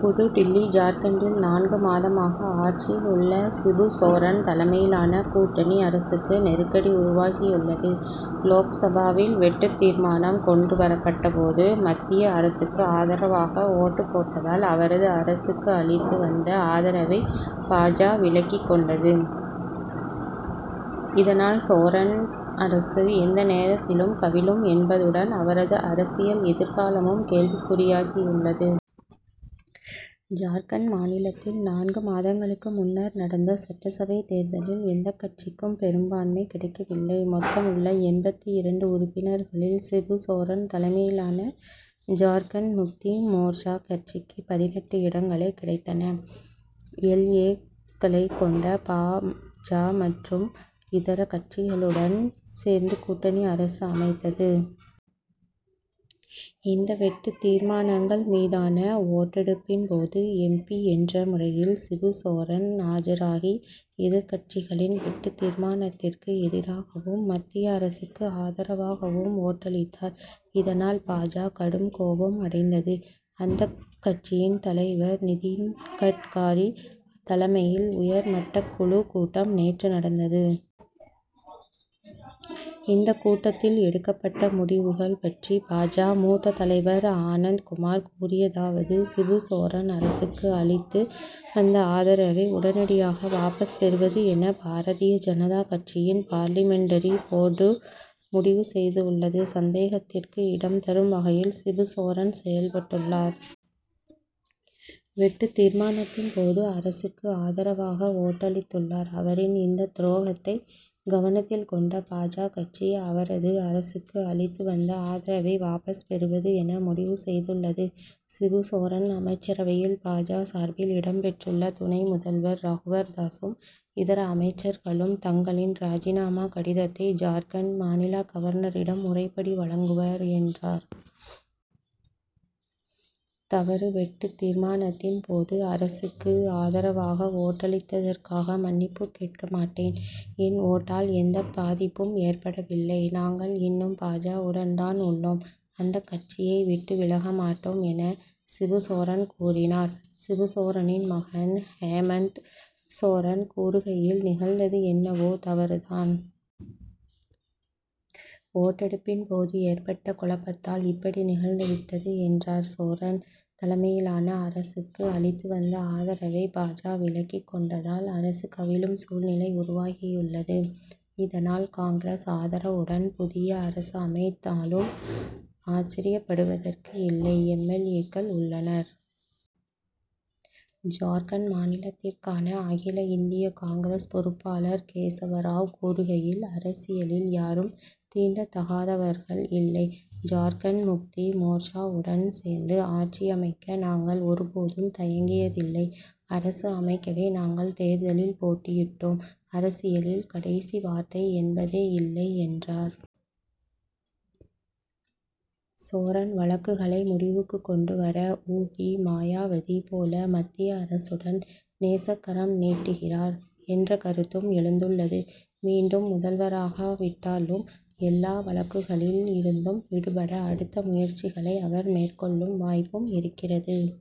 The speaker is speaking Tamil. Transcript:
புதுடில்லி ஜார்க்கண்டில் நான்கு மாதமாக ஆட்சியில் உள்ள சிபு சோரன் தலைமையிலான கூட்டணி அரசுக்கு நெருக்கடி உருவாகியுள்ளது. லோக்சபாவில் வெட்டுத் தீர்மானம் கொண்டு வரப்பட்டபோது மத்திய அரசுக்கு ஆதரவாக ஓட்டுப் போட்டதால் அவரது அரசுக்கு அளித்து வந்த ஆதரவை பா. ஜ. விலக்கிக் கொண்டது. இதனால் சோரன் அரசு எந்த நேரத்திலும் கவிழும் என்பதுடன் அவரது அரசியல் எதிர்காலமும் கேள்விக்குறியாகி உள்ளது. ஜார்க்கண்ட் மாநிலத்தில் நான்கு மாதங்களுக்கு முன்னர் நடந்த சட்டசபைத் தேர்தலில் எந்தக் கட்சிக்கும் பெரும் பான்மை கிடைக்கவில்லை. மொத்தமுள்ள எண்பத்து இரண்டு உறுப்பினர்களில் சிபு சோரன் தலைமையிலான ஜார்க்கண்ட் முக்தி மோர்ச்சா கட்சிக்கு பதினெட்டு இடங்களே கிடைத்தன. எல். ஏ.க்களைக் கொண்ட பா. ஜ. மற்றும் இதர கட்சிகளுடன் சேர்ந்து கூட்டணி அரசு அமைத்தது. இந்த வெட்டுத் தீர்மானங்கள் மீதான ஓட்டெடுப்பின் போது எம். பி. என்ற முறையில் சிபு சோரன் ஆஜராகி எதிர்க் கட்சிகளின் வெட்டுத் தீர்மானத்திற்கு எதிராகவும் மத்திய அரசுக்கு ஆதரவாகவும் ஓட்டளித்தார். இதனால் பா. ஜ. கடும் கோபம் அடைந்தது. அந்தக் கட்சியின் தலைவர் நிதின் கட்காரி தலைமையில் உயர் மட்டக் குழு கூட்டம் நேற்று நடந்தது. இந்தக் கூட்டத்தில் எடுக்கப்பட்ட முடிவுகள் பற்றி பா. ஜ. மூத்த தலைவர் ஆனந்த் குமார் கூறியதாவது சிபு சோரன் அரசுக்கு அளித்து வந்த ஆதரவை உடனடியாக வாபஸ் பெறுவது என பாரதிய ஜனதா கட்சியின் பார்லிமென்டரி போர்டு முடிவு செய்து உள்ளது. சந்தேகத்திற்கு இடம் தரும் வகையில் சிபு சோரன் செயல்பட்டுள்ளார். வெட்டுத் தீர்மானத்தின் போது அரசுக்கு ஆதரவாக ஓட்டளித்துள்ளார். அவரின் இந்தத் துரோகத்தை கவனத்தில் கொண்ட பா. ஜ. கட்சி அவரது அரசுக்கு அளித்து வந்த ஆதரவை வாபஸ் பெறுவது என முடிவு செய்துள்ளது. சிபு சோரன் அமைச்சரவையில் பா. ஜ. சார்பில் இடம் பெற்றுள்ள துணை முதல்வர் ரகுவர் தாசும் இதர அமைச்சர்களும் தங்களின் ராஜினாமா கடிதத்தை ஜார்க்கண்ட் மாநில கவர்னரிடம் முறைப்படி வழங்குவர் என்றார். தவறு வெட்டுத் தீர்மானத்தின் போது அரசுக்கு ஆதரவாக ஓட்டளித்ததற்காக மன்னிப்பு கேட்க மாட்டேன். என் ஓட்டால் எந்தப் பாதிப்பும் ஏற்படவில்லை. நாங்கள் இன்னும் பா. ஜ.வுடன் தான் உள்ளோம். அந்தக் கட்சியை விட்டு விலகமாட்டோம் என சிபு சோரன் கூறினார். சிபு சோரனின் மகன் ஹேமந்த் சோரன் கூறுகையில் நிகழ்ந்தது என்னவோ தவறு தான். ஓட்டெடுப்பின் போது ஏற்பட்ட குழப்பத்தால் இப்படி நிகழ்ந்து விட்டது என்றார். சோரன் தலைமையிலான அரசுக்கு அளித்து வந்த ஆதரவை பா. ஜ. விலக்கிக் கொண்டதால் அரசு கவிழும் சூழ்நிலை உருவாகியுள்ளது. இதனால் காங்கிரஸ் ஆதரவுடன் புதிய அரசு அமைத்தாலும் ஆச்சர்யப்படுவதற்கு இல்லை. எம்.எல். ஏ.க்கள் உள்ளனர். ஜார்க்கண்ட் மாநிலத்திற்கான அகில இந்திய காங்கிரஸ் பொறுப்பாளர் கேசவ ராவ் கூறுகையில் அரசியலில் யாரும் தீண்டத்தகாதவர்கள் இல்லை. ஜார்க்கண்ட் முக்தி மோர்ச்சாவுடன் சேர்ந்து ஆட்சி அமைக்க நாங்கள் ஒரு போதும் தயங்கியதில்லை. அரசு அமைக்கவே நாங்கள் தேர்தலில் போட்டியிட்டோம். அரசியலில் கடைசி வார்த்தை என்பதே இல்லை என்றார். சோரன் வழக்குகளை முடிவுக்கு கொண்டு வர உ. பி. மாயாவதி போல மத்திய அரசுடன் நேசக்கரம் நீட்டுகிறார் என்ற கருத்தும் எழுந்துள்ளது. மீண்டும் முதல்வராகா விட்டாலும் எல்லா வழக்குகளில் இருந்தும் விடுபட அடுத்த முயற்சிகளை அவர் மேற்கொள்ளும் வாய்ப்பும் இருக்கிறது.